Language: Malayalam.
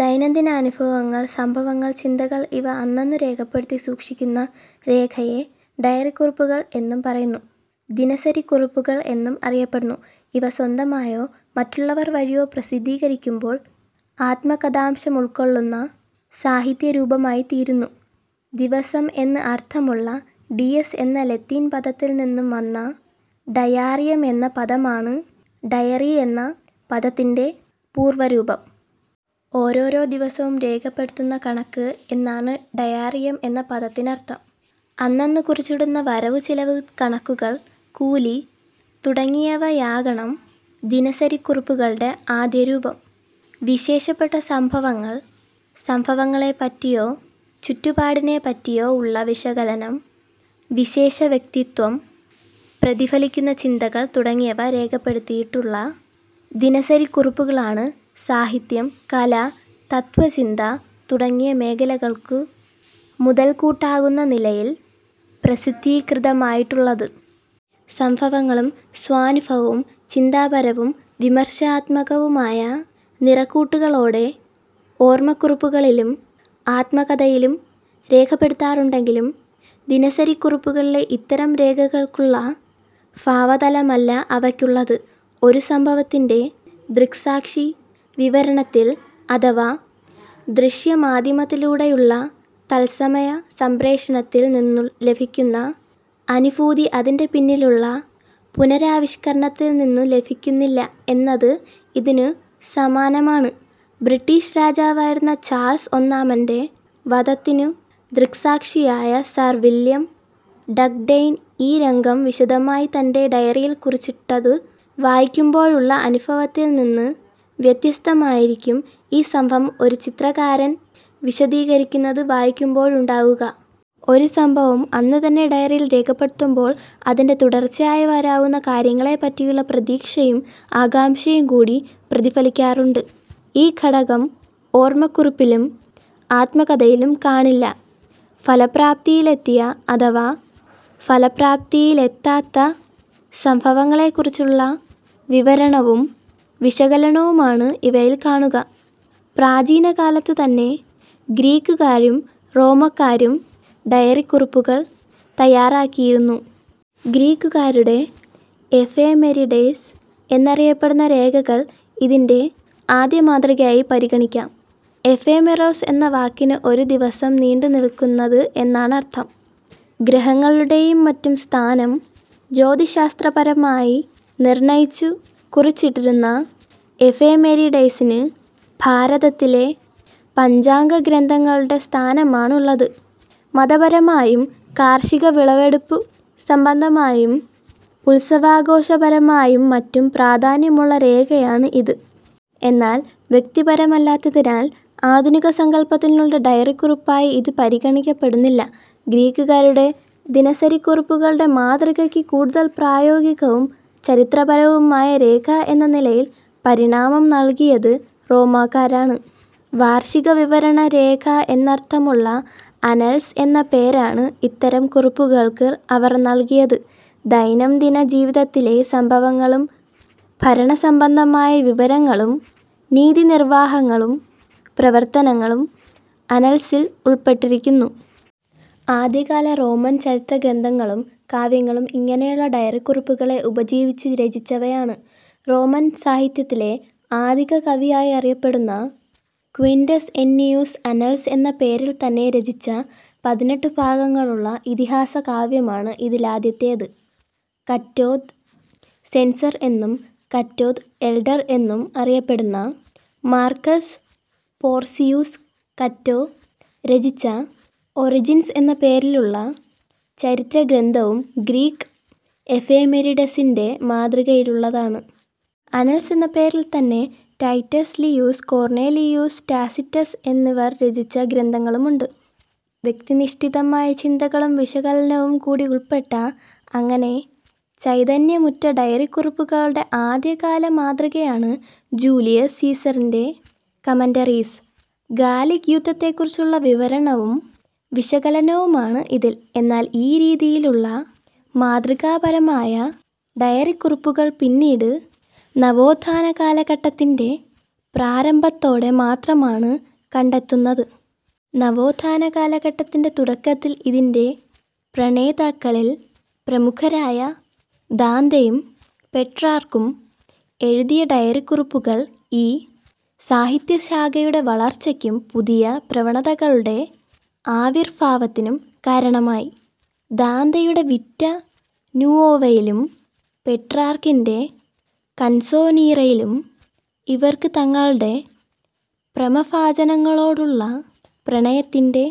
ദൈനംദിനാനുഭവങ്ങൾ, സംഭവങ്ങൾ, ചിന്തകൾ ഇവ അന്നന്നു രേഖപ്പെടുത്തി സൂക്ഷിക്കുന്ന രേഖയെ ഡയറികുറിപ്പുകൾ എന്നു പറയുന്നു. ദിനസരിക്കുറിപ്പുകൾ എന്നും അറിയപ്പെടുന്നു. ഇവ സ്വന്തമായോ മറ്റുള്ളവർ വഴിയോ പ്രസിദ്ധീകരിക്കുമ്പോൾ ആത്മകഥാംശമുൾക്കൊള്ളുന്ന സാഹിത്യരൂപമായിത്തീരുന്നു. ദിവസം എന്ന് അർഥമുള്ള ഡീയസ് എന്ന ലത്തീൻ പദത്തിൽ നിന്നു വന്ന ഡയാറിയം എന്ന പദമാണ് ഡയറി എന്ന പദത്തിന്റെ പൂർവരൂപം. ഓരോ ദിവസവും രേഖപ്പെടുത്തുന്ന കണക്ക് എന്നാണ് ഡയാറിയം എന്ന പദത്തിനർഥം. അന്നന്നു കുറിച്ചിട്ടിരുന്ന വരവു ചെലവു കണക്കുകൾ, കൂലി തുടങ്ങിയവയാകണം ദിനസരിക്കുറിപ്പുകളുടെ ആദ്യ രൂപം. വിശേഷപ്പെട്ട സംഭവങ്ങൾ, സംഭവങ്ങളെപ്പറ്റിയോ ചുറ്റുപാടിനെപ്പറ്റിയോ ഉള്ള വിശകലനം, വിശേഷ വ്യക്തിത്വം പ്രതിഫലിക്കുന്ന ചിന്തകൾ തുടങ്ങിയവ രേഖപ്പെടുത്തിയിട്ടുള്ള ദിനസരിക്കുറിപ്പുകളാണ് സാഹിത്യം, കല, തത്ത്വചിന്ത തുടങ്ങിയ മേഖലകൾക്കു മുതൽക്കൂട്ടാകുന്ന നിലയിൽ പ്രസിദ്ധീകൃതമായിട്ടുള്ളത്. സംഭവങ്ങളും സ്വാനുഭവവും ചിന്താപരവും വിമർശാത്മകവുമായ നിറക്കൂട്ടുകളോടെ ഓർമക്കുറിപ്പുകളിലും ആത്മകഥയിലും രേഖപ്പെടുത്താറുണ്ടെങ്കിലും ദിനസരിക്കുറിപ്പുകളിലെ ഇത്തരം രേഖകൾക്കുള്ള ഭാവതലമല്ല അവയ്ക്കുള്ളത്. ഒരു സംഭവത്തിന്റെ ദൃക്സാക്ഷി വിവരണത്തിൽ, അഥവാ ദൃശ്യമാധ്യമത്തിലൂടെയുള്ള തത്സമയ സംപ്രേഷണത്തിൽ നിന്നു ലഭിക്കുന്ന അനുഭൂതി അതിന്റെ പിന്നീടുള്ള പുനരാവിഷ്കരണത്തിൽ നിന്നു ലഭിക്കുന്നില്ല എന്നത് ഇതിനു സമാനമാണ്. ബ്രിട്ടിഷ് രാജാവായിരുന്ന ചാൾസ് ഒന്നാമന്റെ വധത്തിനു ദൃക്സാക്ഷിയായ സർ വില്യം ഡഗ്ഡെയിൽ ഈ രംഗം വിശദമായി തന്റെ ഡയറിയിൽ കുറിച്ചിട്ടതു വായിക്കുമ്പോഴുള്ള അനുഭവത്തിൽ നിന്ന് വ്യത്യസ്തമായിരിക്കും ഈ സംഭവം ഒരു ചരിത്രകാരൻ വിശദീകരിച്ചിരിക്കുന്നതു വായിക്കുമ്പോഴുണ്ടാകുക. ഒരു സംഭവം അന്നു തന്നെ ഡയറിയിൽ രേഖപ്പെടുത്തുമ്പോൾ അതിന്റെ തുടർച്ചയായി വരാവുന്ന കാര്യങ്ങളെപ്പറ്റിയുള്ള പ്രതീക്ഷയും ആകാംക്ഷയും കൂടി പ്രതിഫലിക്കാറുണ്ട്. ഈ ഘടകം ഓർമക്കുറിപ്പിലും ആത്മകഥയിലും കാണില്ല. ഫലപ്രാപ്തിയിലെത്തിയ അഥവാ ഫലപ്രാപ്തിയിലെത്താത്ത സംഭവങ്ങളെക്കുറിച്ചുള്ള വിവരണവും വിശകലനവുമാണ് ഇവയിൽ കാണുക. പ്രാചീന കാലത്തു തന്നെ ഗ്രീക്കുകാരും റോമാക്കാരും ഡയറിക്കുറിപ്പുകൾ തയ്യാറാക്കിയിരുന്നു. ഗ്രീക്കുകാരുടെ എഫെമെരിഡെസ് എന്നറിയപ്പെടുന്ന രേഖകൾ ഇതിന്റെ ആദ്യമാതൃകയായി പരിഗണിക്കാം. എഫെമെറോസ് എന്ന വാക്കിന് ഒരു ദിവസം നീണ്ടു നിൽക്കുന്നത് എന്നാണർഥം. ഗ്രഹങ്ങളുടെയും മറ്റും സ്ഥാനം ജ്യോതിശ്ശാസ്ത്രപരമായി നിർണയിച്ചു കുറിച്ചിട്ടിരുന്ന എഫെമെരിഡെസിന് ഭാരതത്തിലെ പഞ്ചാംഗ ഗ്രന്ഥങ്ങളുടെ സ്ഥാനമാണുള്ളത്. മതപരമായും കാർഷിക വിളവെടുപ്പു സംബന്ധമായും ഉത്സവാഘോഷപരമായും മറ്റും പ്രാധാന്യമുള്ള രേഖയാണ് ഇത്. എന്നാൽ വ്യക്തിപരമല്ലാത്തതിനാൽ ആധുനിക സങ്കല്പത്തിലുള്ള ഡയറിക്കുറിപ്പായി ഇത് പരിഗണിക്കപ്പെടുന്നില്ല. ഗ്രീക്കുകാരുടെ ദിനസരിക്കുറിപ്പുകളുടെ മാതൃകയ്ക്ക് കൂടുതൽ പ്രായോഗികവും ചരിത്രപരവുമായ രേഖ എന്ന നിലയിൽ പരിണാമം നൽകിയത് റോമാക്കാരാണ്. വാർഷിക വിവരണ രേഖ എന്നർഥമുള്ള അനൽസ് എന്ന പേരാണ് ഇത്തരം കുറിപ്പുകൾക്ക് അവർ നൽകിയത്. ദൈനംദിന ജീവിതത്തിലെ സംഭവങ്ങളും ഭരണസംബന്ധമായ വിവരണങ്ങളും നീതിനിർവാഹകരുടെ പ്രവർത്തനങ്ങളും അനൽസിൽ ഉൾപ്പെട്ടിരുന്നു. ആദ്യകാല റോമൻ ചരിത്ര ഗ്രന്ഥങ്ങളും കാവ്യങ്ങളും ഇങ്ങനെയുള്ള ഡയറിക്കുറിപ്പുകളെ ഉപജീവിച്ചു രചിച്ചവയാണ്. റോമൻ സാഹിത്യത്തിലെ ആദികവിയായറിയപ്പെടുന്ന ക്വിന്റസ് എന്നിയുസ് അനൽസ് എന്ന പേരിൽത്തന്നെ രചിച്ച പതിനെട്ടു ഭാഗങ്ങളുള്ള ഇതിഹാസ കാവ്യമാണ് ഇതിലാദ്യത്തേത്. കറ്റൊ ദ് സെൻസർ എന്നും കറ്റൊ ദ് എൽഡർ എന്നും അറിയപ്പെട്ടിരുന്ന മാർകസ് പോർസിയുസ് കറ്റൊ രചിച്ച ഒറിജിൻസ് എന്ന പേരിലുള്ള ചരിത്രഗ്രന്ഥവും ഗ്രീക്ക് എഫെമെരിഡെസിന്റെ മാതൃകയിലുള്ളതാണ്. അനൽസ് എന്ന പേരിൽത്തന്നെ റ്റൈറ്റസ് ലിയൂസ്, കോർണേലിയൂസ് റ്റാസിറ്റസ് എന്നിവർ രചിച്ച ഗ്രന്ഥങ്ങളുമുണ്ട്. വ്യക്തിനിഷ്ഠമായ ചിന്തകളും വിശകലനവും കൂടി ഉൾപ്പെട്ട, അങ്ങനെ ചൈതന്യമുറ്റ ഡയറിക്കുറിപ്പുകളുടെ ആദ്യകാല മാതൃകയാണ് ജൂലിയസ് സീസറിന്റെ കമന്ററീസ്. ഗാലിക് യുദ്ധത്തെക്കുറിച്ചുള്ള വിവരണവും വിശകലനവുമാണ് ഇതിൽ. എന്നാൽ ഈ രീതിയിലുള്ള മാതൃകാപരമായ ഡയറിക്കുറിപ്പുകൾ പിന്നീട് നവോത്ഥാനകാലഘട്ടത്തിന്റെ പ്രാരംഭത്തോടെ മാത്രമാണ് കണ്ടെത്തുന്നത്. നവോത്ഥാന കാലഘട്ടത്തിന്റെ തുടക്കത്തിൽ ഇതിന്റെ പ്രണേതാക്കളിൽ പ്രമുഖരായ ദാന്തെയും പെട്രാർക്കും എഴുതിയ ഡയറിക്കുറിപ്പുകൾ ഈ സാഹിത്യശാഖയുടെ വളർച്ചയ്ക്കും പുതിയ പ്രവണതകളുടെ ആവിർഭാവത്തിനും കാരണമായി. ദാന്തെയുടെ വിറ്റ നുഒവ യിലും പെട്രാർക്കിന്റെ കൻസൊനീറെ യിലും ഇവർക്ക് തങ്ങളുടെ പ്രേമഭാജനങ്ങളോടുള്ള പ്രണയത്തിന്റെ